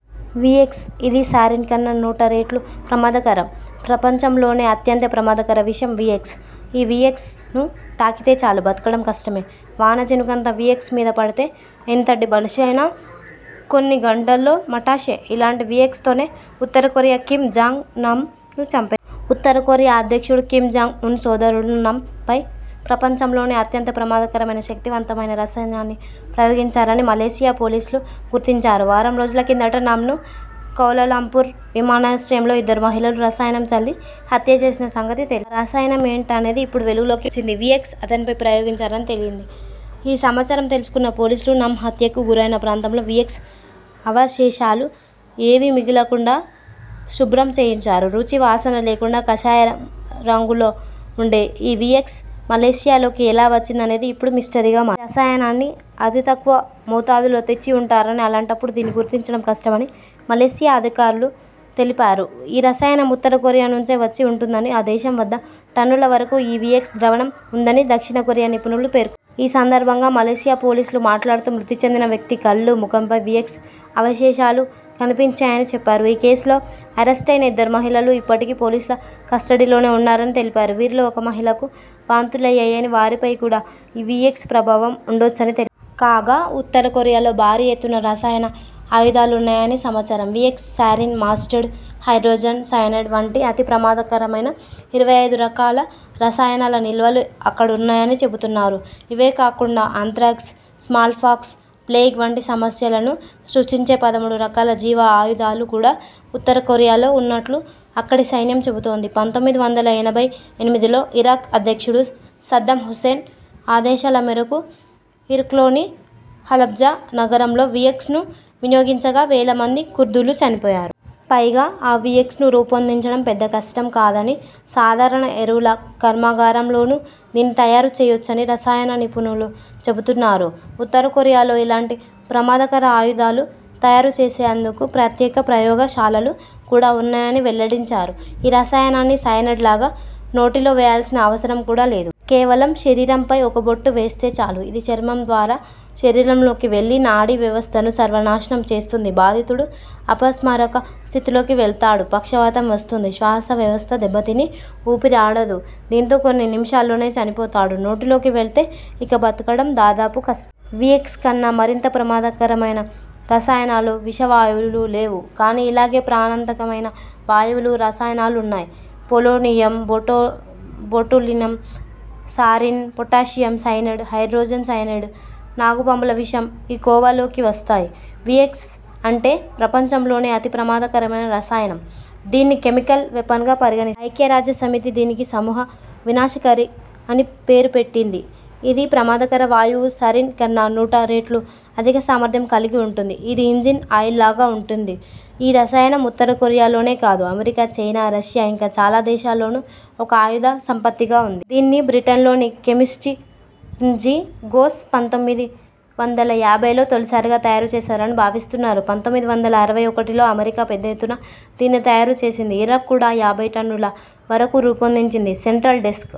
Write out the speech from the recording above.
VX. ఇది sarin కన్నా నూట రెట్లు ప్రమాదకరం ప్రపంచంలోనే అత్యంత ప్రమాదకర విషం వీఎక్స్. ఈ వీఎక్స్ ను తాకితే చాలు బతకడం కష్టమే. వాన చినుకంత వీఎక్స్ మీద పడితే ఎంతటి మనిషైనా కొన్ని గంటల్లో మటాషే. ఇలాంటి వీఎక్స్ తోనే ఉత్తర కొరియా కిమ్ జాంగ్ నామ్ ను చంపే ఉత్తర కొరియా అధ్యక్షుడు కిమ్ జాంగ్ ఉన్ సోదరుడు నామ్ పై ప్రపంచంలోనే అత్యంత ప్రమాదకరమైన, శక్తివంతమైన రసాయనాన్ని ప్రయోగించారని మలేసియా పోలీసులు గుర్తించారు. వారం రోజుల కిందట నామ్ ను కౌలాలంపూర్ విమానాశ్రయంలో ఇద్దరు మహిళలు రసాయనం చల్లి హత్య చేసిన సంగతి తెలిసి ఆ రసాయనం ఏంటనేది ఇప్పుడు వెలుగులోకి వచ్చింది. వీఎక్స్ అతనిపై ప్రయోగించారని తేలింది. ఈ సమాచారం తెలుసుకున్న పోలీసులు నామ్ హత్యకు గురైన ప్రాంతంలో వీఎక్స్ అవశేషాలు ఏవీ మిగలకుండా శుభ్రం చేయించారు. రుచి, వాసన లేకుండా కాషాయ రంగులో ఉండే.. ఈ వీఎక్స్ మలేసియాలోకి ఎలా వచ్చిందనేది ఇప్పుడు మిస్టరీగా మారింది. ఈ రసాయనాన్ని అతి తక్కువ మోతాదులో తెచ్చి ఉంటారని.. అలాంటపుడు దీన్ని గుర్తించడం కష్టమని మలేసియా అధికారులు తెలిపారు. ఈ రసాయనం ఉత్తర కొరియా నుంచే వచ్చి ఉంటుందని, ఆ దేశం వద్ద టన్నుల వరకు ఈ వీఎక్స్ ద్రావణం ఉందని దక్షిణ కొరియా నిపుణులు పేర్కొ ఈ సందర్భంగా మలేసియా పోలీసులు మాట్లాడుతూ.. మృతి చెందిన వ్యక్తి కళ్లు, ముఖంపై వీఎక్స్ అవశేషాలు కనిపించాయని చెప్పారు. ఈ కేసులో అరెస్టయిన ఇద్దరు మహిళలూ ఇప్పటికీ పోలీసుల కస్టడీలోనే ఉన్నారని తెలిపారు. వీరిలో ఒక మహిళకు వాంతులయ్యాయని, వారిపై కూడా ఈ వీఎక్స్ ప్రభావం ఉండొచ్చని తెలిపా కాగా.. ఉత్తర కొరియాలో భారీ ఎత్తున రసాయన ఆయుధాలున్నాయని సమాచారం. VX, sarin, mustard, hydrogen cyanide వంటి అతి ప్రమాదకరమైన ఇరవై ఐదు రకాల రసాయనాల నిల్వలు అక్కడున్నాయని చెబుతున్నారు ఇవే కాకుండా ఆంత్రాక్స్, స్మాల్ పాక్స్, ప్లేగ్ వంటి సమస్యలను సృష్టించే పదమూడు రకాల జీవ ఆయుధాలు కూడా ఉత్తర కొరియాలో ఉన్నట్లు అక్కడి సైన్యం చెబుతోంది పంతొమ్మిది వందల ఎనభై ఎనిమిదిలో ఇరాక్ అధ్యక్షుడు సద్దాం హుసేన్ ఆదేశాల మేరకు ఇరాక్లోని హలబ్జా నగరంలో వీఎక్స్ ను వినియోగించగా, వేల మంది కుర్దులు చనిపోయారు. పైగా ఈ వీఎక్స్ ను రూపొందించడం పెద్ద కష్టం కాదని.. సాధారణ ఎరువుల కర్మాగారంలోనూ దీన్ని తయారు చేయొచ్చని రసాయన నిపుణులు చెబుతున్నారు. ఉత్తర కొరియాలో ఇలాంటి ప్రమాదకర ఆయుధాలు తయారు చేసేందుకు ప్రత్యేక ప్రయోగ శాలలు కూడా ఉన్నాయని వెల్లడించారు. ఈ రసాయనాన్ని సయనైడ్ లాగా నోటిలో వేయాల్సిన అవసరం కూడా లేదు. కేవలం శరీరంపై ఒక బొట్టు వేస్తే చాలు, ఇది చర్మం ద్వారా శరీరంలోకి వెళ్లి నాడీ వ్యవస్థను సర్వనాశనం చేస్తుంది. బాధితుడు అపస్మారక స్థితిలోకి వెళ్తాడు. పక్షవాతం వస్తుంది. శ్వాస వ్యవస్థ దెబ్బతిని.. ఊపిరి ఆడదు. దీంతో కొన్ని నిమిషాల్లోనే చనిపోతాడు. నోటిలోకి వెళ్తే, ఇక బతకడం దాదాపు క వీఎక్స్ కన్నా మరింత ప్రమాదకరమైన రసాయనాలు, విషవాయువులు లేవు. కానీ ఇలాగే ప్రాణాంతకమైన వాయువులు, రసాయనాలున్నాయి. పొలోనియం, బోటో botulinum, sarin, potassium cyanide, hydrogen cyanide, నాగుపాముల విషం ఈ కోవలోకి వస్తాయి. వీఎక్స్ అంటే..! ప్రపంచంలోనే అతి ప్రమాదకరమైన రసాయనం. దీన్ని కెమికల్ వెపన్గా పరిగ ఐక్యరాజ్య సమితి దీనికి సమూహ వినాశకారి అని పేరుపెట్టింది. ఇది ప్రమాదకర వాయువు సారిన్ కన్నా నూట రెట్లు అధిక సామర్థ్యం కలిగి ఉంటుంది. ఇది ఇంజిన్ ఆయిల్లాగా ఉంటుంది. ఈ రసాయనం ఉత్తర కొరియా లోనే కాదు.. అమెరికా, చైనా, రష్యా ఇంకా చాలా దేశాల్లోనూ ఒక ఆయుధ సంపత్తిగా ఉంది. దీన్ని బ్రిటన్లోని కెమిస్ట్ రనాజీ ఘోష్ పంతొమ్మిది వందల యాభైలో తొలిసారిగా తయారు చేశారని భావిస్తున్నారు. పంతొమ్మిది వందల అరవై ఒకటిలో అమెరికా పెద్ద ఎత్తున దీన్ని తయారు చేసింది. ఇరాక్ కూడా యాభై టన్నుల వరకు రూపొందించింది. Central desk